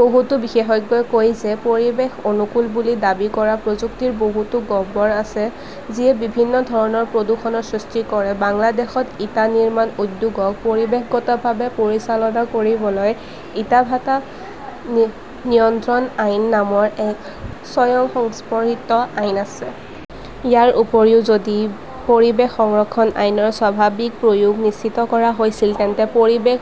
বহুতো বিশেষজ্ঞই কয় যে পৰিৱেশ অনুকূল বুলি দাবী কৰা প্ৰযুক্তিৰ বহুতো গহ্বৰ আছে যিয়ে বিভিন্ন ধৰণৰ প্ৰদূষণৰ সৃষ্টি কৰে। বাংলাদেশত ইটা নিৰ্মাণ উদ্যোগক পৰিৱেশগতভাৱে পৰিচালনা কৰিবলৈ ইটা ভাটা নিয়ন্ত্ৰণ আইন নামৰ এক স্বয়ংসম্পৰিত আইন আছে। ইয়াৰ উপৰিও, যদি পৰিৱেশ সংৰক্ষণ আইনৰ স্বাভাৱিক প্ৰয়োগ নিশ্চিত কৰা হৈছিল, তেন্তে পৰিৱেশ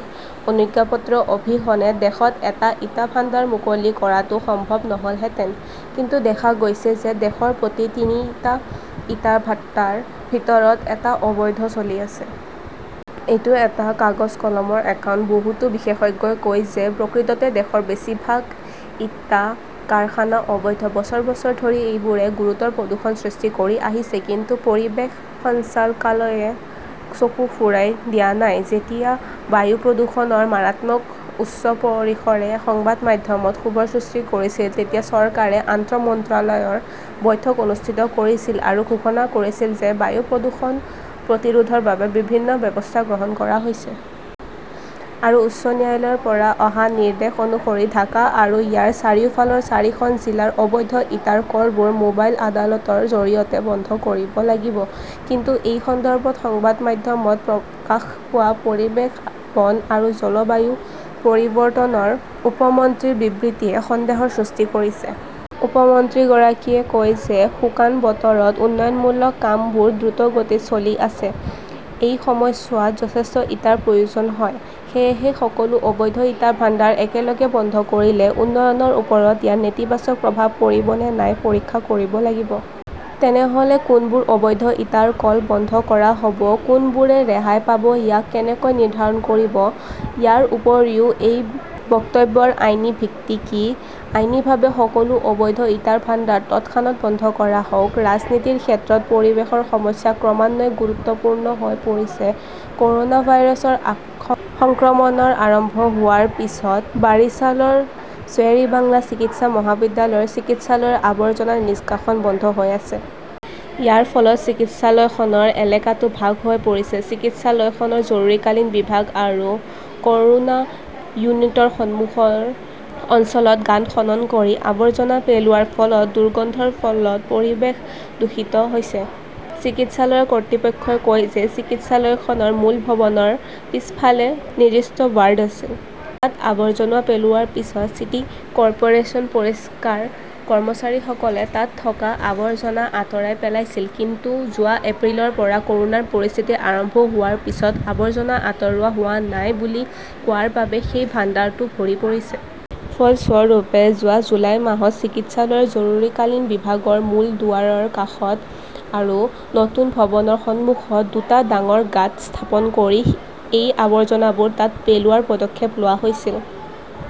অনুজ্ঞাপত্ৰ অবিহনে দেশত এটা ইটা ভাণ্ডাৰ মুকলি কৰাটো সম্ভৱ নহ'লহেঁতেন। কিন্তু দেখা গৈছে যে দেশৰ প্ৰতি তিনিটা ইটাৰ ভাটাৰ ভিতৰত এটা অবৈধ চলি আছে। এইটো এটা কাগজ-কলমৰ একাউণ্ট। বহুতো বিশেষজ্ঞই কয় যে প্ৰকৃততে দেশৰ বেছি ভাগ ইটা কাৰখানা অবৈধ। বছৰ বছৰ ধৰি এইবোৰে গুৰুতৰ প্ৰদূষণ সৃষ্টি কৰি আহিছে, কিন্তু পৰিৱেশ সঞ্চাল কালয়ে চকু ফুৰাই দিয়া নাই। যেতিয়া বায়ু প্ৰদূষণৰ মাৰাত্মক উচ্চ পৰিসৰে সংবাদ মাধ্যমত ক্ষোভৰ সৃষ্টি কৰিছিল, তেতিয়া চৰকাৰে আন্তঃ মন্ত্ৰালয়ৰ বৈঠক অনুষ্ঠিত কৰিছিল আৰু ঘোষণা কৰিছিল যে বায়ু প্ৰদূষণ প্ৰতিৰোধৰ বাবে বিভিন্ন ব্যৱস্থা গ্ৰহণ কৰা হৈছে। আৰু উচ্চ ন্যায়ালয়ৰ পৰা অহা নিৰ্দেশ অনুসৰি ঢাকা আৰু ইয়াৰ চাৰিওফালৰ চাৰিখন জিলাৰ অবৈধ ইটাৰ কলবোৰ মোবাইল আদালতৰ জৰিয়তে বন্ধ কৰিব লাগিব। কিন্তু এই সন্দৰ্ভত সংবাদ মাধ্যমত প্ৰকাশ পোৱা পৰিৱেশ, বন আৰু জলবায়ু পৰিৱৰ্তনৰ উপ মন্ত্ৰীৰ বিবৃতিয়ে সন্দেহৰ সৃষ্টি কৰিছে। উপ-মন্ত্ৰীগৰাকীয়ে কয় যে শুকান বতৰত উন্নয়নমূলক কামবোৰ দ্ৰুতগতিত চলি আছে, এই সময়ছোৱাত যথেষ্ট ইটাৰ প্ৰয়োজন হয়। সেয়েহে সকলো অবৈধ ইটা ভাণ্ডাৰ একেলগে বন্ধ কৰিলে উন্নয়নৰ ওপৰত ইয়াৰ নেতিবাচক প্ৰভাৱ পৰিব নে নাই পৰীক্ষা কৰিব লাগিব। তেনেহ 'লে কোনবোৰ অবৈধ ইটাৰ কল বন্ধ কৰা হ'ব, কোনবোৰে ৰেহাই পাব-ইয়াক কেনেকৈ নিৰ্ধাৰণ কৰিব? ইয়াৰ উপৰিও এই বক্তব্যৰ আইনী ভিত্তি কি? আইনীভাৱে সকলো অবৈধ ইটা ভাণ্ডাৰ তৎক্ষণাত বন্ধ কৰা হওক। ৰাজনীতিৰ ক্ষেত্ৰত পৰিৱেশৰ সমস্যা ক্ৰমান্বয়ে গুৰুত্বপূৰ্ণ হৈ পৰিছে কৰ'না ভাইৰাছৰ সংক্ৰমণৰ আৰম্ভ হোৱাৰ পিছত বাৰিছালৰ শ্বেৰ-ই-বাংলা চিকিৎসা মহাবিদ্যালয় চিকিৎসালয়ৰ আৱৰ্জনা নিষ্কাশন বন্ধ হৈ আছে। ইয়াৰ ফলত চিকিৎসালয়খনৰ এলেকাটো ভাগ হৈ পৰিছে। চিকিৎসালয়খনৰ জৰুৰীকালীন বিভাগ আৰু কৰোনা ইউনিটৰ সন্মুখৰ অঞ্চলত গাঁত খনন কৰি আৱৰ্জনা পেলোৱাৰ ফলত দুৰ্গন্ধৰ ফলত পৰিৱেশ দূষিত হৈছে। চিকিৎসালয়ৰ কৰ্তৃপক্ষই কয় যে ,চিকিৎসালয়খনৰ মূল ভৱনৰ পিছফালে নিৰ্দিষ্ট ৱাৰ্ড আছিল। তাত আৱৰ্জনা পেলোৱাৰ পিছত চিটি কৰ্পোৰেচন পৰিষ্কাৰ কৰ্মচাৰীসকলে তাত থকা আৱৰ্জনা আঁতৰাই পেলাইছিল। কিন্তু যোৱা এপ্ৰিলৰ পৰা কৰোনাৰ পৰিস্থিতি আৰম্ভ হোৱাৰ পিছত আৱৰ্জনা আতৰোৱা হোৱা নাই বুলি কোৱাৰ বাবে সেই ভাণ্ডাৰটো ভৰি পৰিছে। ফলস্বৰূপে, যোৱা জুলাই মাহত চিকিৎসালয়ৰ জৰুৰীকালীন বিভাগৰ মূল দুৱাৰৰ কাষত আৰু নতুন ভৱনৰ সন্মুখত দুটা ডাঙৰ গাঁত স্থাপন কৰি এই আৱৰ্জনাবোৰ তাত পেলোৱাৰ পদক্ষেপ লোৱা হৈছিল।